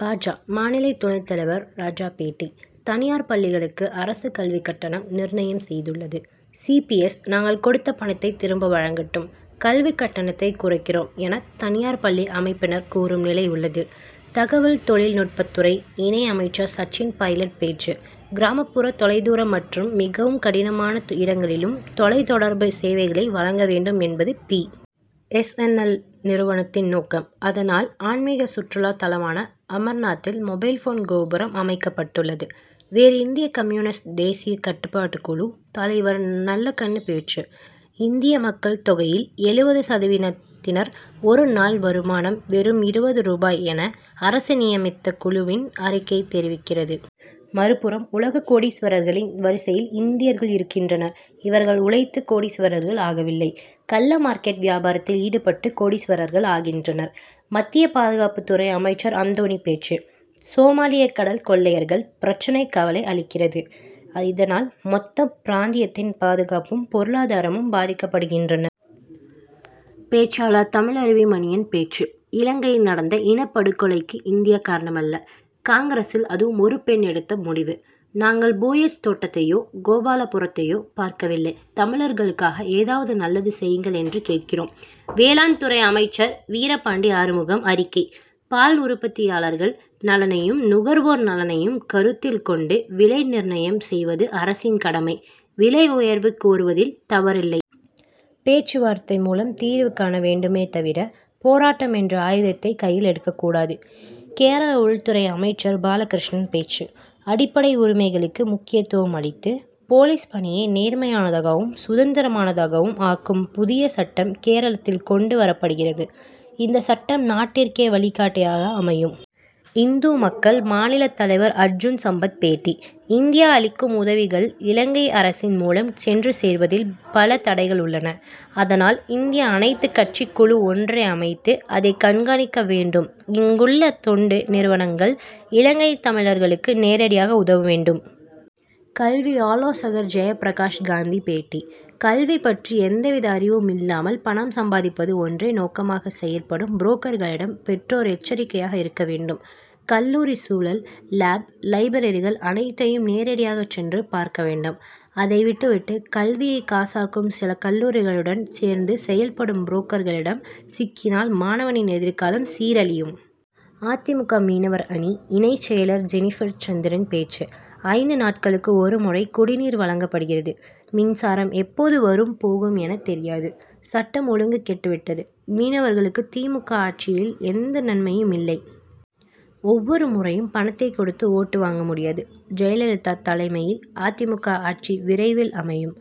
பா. ஜ., மாநில துணைத் தலைவர் ராஜா பேட்டி: தனியார் பள்ளிகளுக்கு அரசு கல்வி கட்டணம் நிர்ணயம் செய்துள்ளது. சி. பி. எஸ். "நாங்கள் கொடுத்த பணத்தை திரும்ப வழங்கட்டும், கல்வி கட்டணத்தை குறைக்கிறோம்' என, தனியார் பள்ளி அமைப்பினர் கூறும் நிலை உள்ளது. தகவல் தொழில் நுட்பத்துறை இணை அமைச்சர் சச்சின் பைலட் பேச்சு: கிராமப்புற, தொலைதூர மற்றும் மிகவும் கடினமான இடங்களிலும் தொலைத் தொடர்பு சேவைகளை வழங்க வேண்டும் என்பது பி. எஸ். என். எல்., நிறுவனத்தின் நோக்கம். அதனால், ஆன்மிக சுற்றுலா தலமான அமர்நாத்தில் மொபைல்போன் கோபுரம் அமைக்கப்பட்டுள்ளது. வேறு இந்திய கம்யூனிஸ்ட் தேசிய கட்டுப்பாட்டு குழு தலைவர்நல்லகண்ணு பேச்சு: இந்திய மக்கள் தொகையில் எழுபது சதவீதத்தினர், ஒரு நாள் வருமானம் வெறும் இருபது ரூபாய் என, அரசு நியமித்த குழுவின் அறிக்கை தெரிவிக்கிறது. மறுபுறம், உலக கோடீஸ்வரர்களின் வரிசையில் இந்தியர்கள் இருக்கின்றனர். இவர்கள் உழைத்து கோடீஸ்வரர்கள் ஆகவில்லை. கள்ள மார்க்கெட் வியாபாரத்தில் ஈடுபட்டு கோடீஸ்வரர்கள் ஆகின்றனர். மத்திய பாதுகாப்புத் துறை அமைச்சர் அந்தோணி பேச்சு: சோமாலிய கடல் கொள்ளையர்கள் பிரச்னை கவலை அளிக்கிறது. இதனால், மொத்த பிராந்தியத்தின் பாதுகாப்பும், பொருளாதாரமும் பாதிக்கப்படுகின்றன. பேச்சாளர் தமிழருவி மணியன் பேச்சு: இலங்கையில் நடந்த இனப் படுகொலைக்கு இந்தியா காரணம் அல்ல. காங்கிரசில், அதுவும் ஒரு பெண் எடுத்த முடிவு. நாங்கள் போயஸ் தோட்டத்தையோ, கோபாலபுரத்தையோ பார்க்கவில்லை. தமிழர்களுக்காக ஏதாவது நல்லது செய்யுங்கள் என்று கேட்கிறோம். வேளாண் துறை அமைச்சர் வீரபாண்டி ஆறுமுகம் அறிக்கை: பால் உற்பத்தியாளர்கள் நலனையும், நுகர்வோர் நலனையும் கருத்தில் கொண்டு, விலை நிர்ணயம் செய்வது அரசின் கடமை; விலை உயர்வு கோருவதில் தவறில்லை. பேச்சு வார்த்தை மூலம் தீர்வு காண வேண்டுமே தவிர, போராட்டம் என்ற ஆயுதத்தை கையில் எடுக்கக்கூடாது. கேரள உள்துறை அமைச்சர் பாலகிருஷ்ணன் பேச்சு: அடிப்படை உரிமைகளுக்கு முக்கியத்துவம் அளித்து, போலீஸ் பணியை நேர்மையானதாகவும், சுதந்திரமானதாகவும் ஆக்கும் புதிய சட்டம் கேரளத்தில் கொண்டு வரப்படுகிறது. இந்த சட்டம் நாட்டிற்கே வழிகாட்டியாக அமையும். இந்து மக்கள் மாநிலத் தலைவர் அர்ஜுன் சம்பத் பேட்டி: இந்தியா அளிக்கும் உதவிகள் இலங்கை அரசின் மூலம் சென்று சேர்வதில் பல தடைகள் உள்ளன. அதனால், இந்தியா அனைத்து கட்சிக் குழு ஒன்றை அமைத்து அதை கண்காணிக்க வேண்டும். இங்குள்ள தொண்டு நிறுவனங்கள் இலங்கைத் தமிழர்களுக்கு நேரடியாக உதவ வேண்டும். கல்வி ஆலோசகர் ஜெயப்பிரகாஷ் காந்தி பேட்டி: கல்வி பற்றி எந்தவித அறிவும் இல்லாமல் பணம் சம்பாதிப்பது ஒன்றே நோக்கமாகச் செயல்படும் புரோக்கர்களிடம் பெற்றோர் எச்சரிக்கையாக இருக்க வேண்டும். கல்லூரி சூழல், லேப், லைப்ரரிகள் அனைத் தையும் நேரடியாக சென்று பார்க்க வேண்டும். அதை விட்டுவிட்டு கல்வியைக் காசாக்கும் சில கல்லூரிகளுடன் சேர்ந்து செயல்படும் புரோக்கர்களிடம் சிக்கினால் மாணவனின் எதிர்காலம் சீரழியும். அ. தி. மு. க., மீனவர் அணி இணை செயலர் ஜெனிபர் சந்திரன் பேச்சு: ஐந்து நாட்களுக்கு ஒரு முறை குடிநீர் வழங்கப்படுகிறது. மின்சாரம் எப்போது வரும் போகும் எனத் தெரியாது. சட்டம் ஒழுங்கு கெட்டு விட்டது. மீனவர்களுக்கு தி. மு. க., ஆட்சியில் எந்த நன்மையும் இல்லை. ஒவ் வொரு முறையும் பணத்தை கொடுத்து ஓட்டு வாங்க முடியாது. ஜெயலலிதா தலைமையில் அ. தி. மு. க., ஆட்சி விரைவில் அமையும்.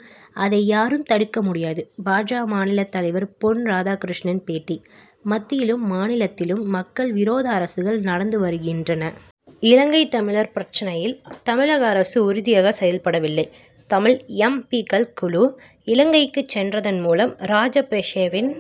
அதை யாரும் தடுக்க முடியாது. பா. ஜ., மாநிலத் தலைவர் பொன். ராதாகிருஷ்ணன் பேட்டி: மத்தியிலும், மாநிலத்திலும் மக்கள் விரோத அரசுகள் நடந்து வருகின்றன. இலங்கைத் தமிழர் பிரச்னையில், தமிழக அரசு உறுதியாக செயல்படவில்லை. தமிழ் எம். பி.,க்கள் குழு, இலங்கைக்கு சென்றதன் மூலம், ராஜபக்ஷேவின்